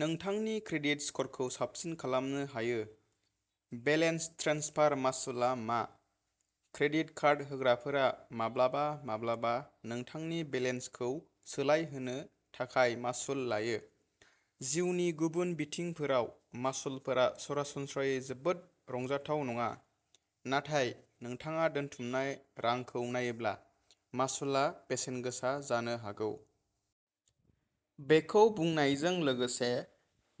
नोंथांनि क्रेडिट स्करखौ साबसिन खालामनो हायो। बेलेन्स ट्रेन्सफार मासुलआ मा? क्रेडिट कार्ड होग्राफोरा माब्लाबा-माब्लाबा नोंथांनि बेलेन्सखौ सोलायहोनो थाखाय मासुल लायो। जिउनि गुबुन बिथिंफोराव मासुलफोरा सरासनस्रायै जोबोद रंजाथाव नङा। नाथाय नोंथाङा दोनथुमनाय रांखौ नायोब्ला, मासुलआ बेसेनगोसा जानो हागौ। बेखौ बुंनायजों लोगोसे,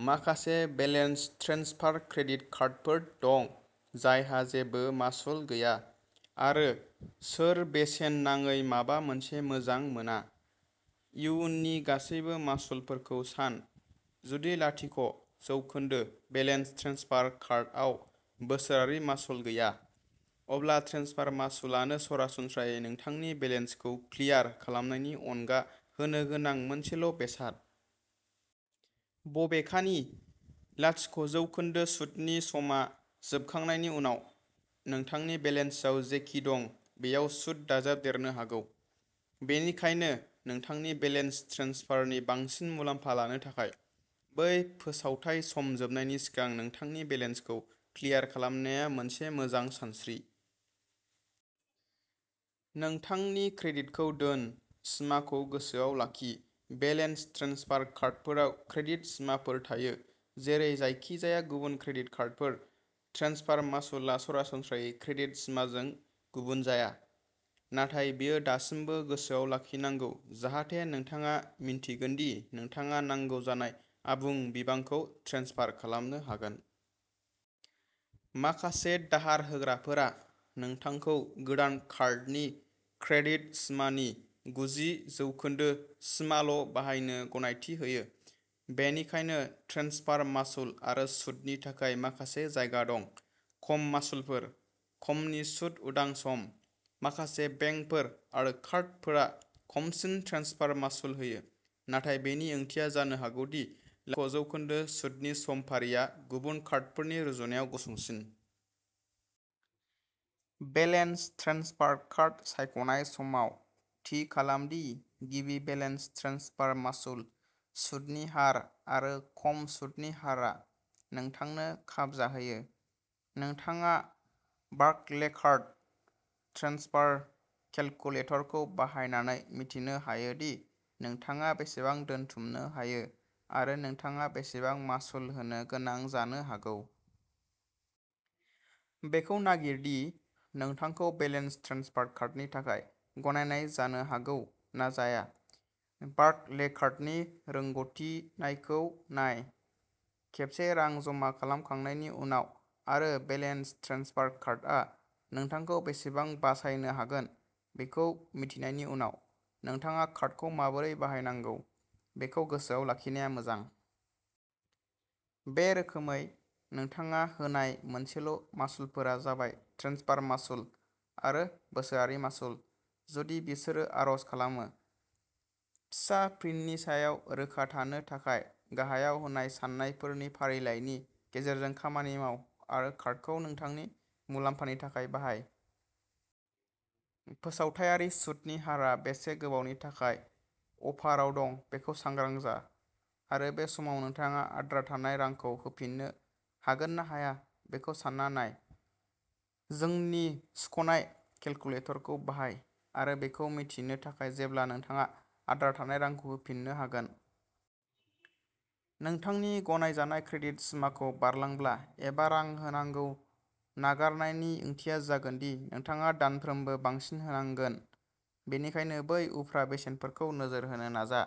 माखासे बेलेन्स ट्रेन्सफार क्रेडिट कार्डफोर दं जायहा जेबो मासुल गैया आरो सोर बेसेन नाङै माबा मोनसे मोजां मोना? इयुननि गासैबो मासुलफोरखौ सान। जुदि लाथिक' जौखोन्दो बेलेन्स ट्रेन्सफार कार्डआव बोसोरारि मासुल गैया, अब्ला ट्रेन्सफार मासुलानो सरासनस्रायै नोंथांनि बेलेन्सखौ क्लियार खालामनायनि अनगा होनो गोनां मोनसेल' बेसाद। बबेखानि, लाथिक' जौखोन्दो सुतनि समआ जोबखांनायनि उनाव, नोंथांनि बेलेन्सआव जेखि दं बेयाव सुद दाजाबदेरनो हागौ। बेनिखायनो नोंथांनि बेलेन्स ट्रेन्सफारनि बांसिन मुलाम्फा लानो थाखाय, बै फोसावथाय सम जोबनायनि सिगां नोंथांनि बेलेन्सखौ क्लियार खालामनाया मोनसे मोजां सानस्रि। नोंथांनि क्रेडिटखौ दोन। सिमाखौ गोसोआव लाखि। बेलेन्स ट्रेन्सफार कार्डफोराव क्रेडिट सिमाफोर थायो जेरै जायखिजाया गुबुन क्रेडिट कार्डफोर। ट्रेन्सफार मासुलआ सरासनस्रायै क्रेडिट सिमाजों गुबुन जाया, नाथाय बेयो दासिमबो गोसोआव लाखिनांगौ जाहाथे नोंथाङा मिन्थिगोन दि नोंथाङा नांगौ जानाय आबुं बिबांखौ ट्रेन्सफार खालामनो हागोन। माखासे दाहार होग्राफोरा नोंथांखौ गोदान कार्डनि क्रेडिट सिमानि गुजि जौखोन्दो सिमाल' बाहायनो गनायथि होयो, बेनिखायनो ट्रेन्सफार मासुल आरो सुतनि थाखाय माखासे जायगा दं। खम मासुलफोर। खमनि सुत उदां सम। माखासे बेंकफोर आरो कार्डफोरा खमसिन ट्रेन्सफार मासुल होयो नाथाय बेनि ओंथिया जानो हागौ दि लाथिक' जौखोन्दो सुतनि समफारिआ गुबुन कार्डफोरनि रुजुनायाव गुसुंसिन। बेलेन्स ट्रेन्सफार कार्ड सायख'नाय समाव, थि खालाम दि गिबि बेलेन्स ट्रेन्सफार मासुल, सुतनि हार आरो खम सुतनि हारआ नोंथांनो खाबजाहोयो। नोंथाङा बार्कलेकार्ड ट्रेन्सफार केलकुलेटरखौ बाहायनानै मिथिनो हायो दि नोंथाङा बेसेबां दोनथुमनो हायो आरो नोंथाङा बेसेबां मासुल होनो गोनां जानो हागौ। बेखौ नागिर दि नोंथांखौ बेलेन्स ट्रेन्सफार कार्डनि थाखाय गनायनाय जानो हागौ ना जाया, बार्कलेकार्डनि रोंग'थि नायखौ नाय। खेबसे रां जमा खालामखांनायनि उनाव आरो बेलेन्स ट्रेन्सफार कार्डआ नोंथांखौ बेसेबां बासायनो हागोन बेखौ मिथिनायनि उनाव, नोंथाङा कार्डखौ माबोरै बाहायनांगौ बेखौ गोसोआव लाखिनाया मोजां। बे रोखोमै, नोंथाङा होनाय मोनसेल' मासुलफोरा जाबाय ट्रेन्सफार मासुल आरो बोसोरारि मासुल, जुदि बिसोरो आर'ज खालामो। फिसा प्रिन्टनि सायाव रोखा थानो थाखाय गाहायाव होनाय सान्नायफोरनि फारिलाइनि गेजेरजों खामानि माव आरो कार्डखौ नोंथांनि मुलाम्फानि थाखाय बाहाय। फोसावथायारि सुतनि हारआ बेसे गोबावनि थाखाय अफाराव दं बेखौ सांग्रां जा आरो बे समाव नोंथाङा आद्रा थानाय रांखौ होफिननो हागोन ना हाया बेखौ सान्ना नाय। जोंनि सुख'नाय केलकुलेटरखौ बाहाय आरो बेखौ मिथिनो थाखाय जेब्ला नोंथाङा आद्रा थानाय रांखौ होफिननो हागोन। नोंथांनि गनायजानाय क्रेडिट सिमाखौ बारलांब्ला एबा रां होनांगौ नागारनायनि ओंथिया जागोन दि नोंथाङा दानफ्रोमबो बांसिन होनांगोन, बेनिखायनो बै उफ्रा बेसेनफोरखौ नोजोर होनो नाजा।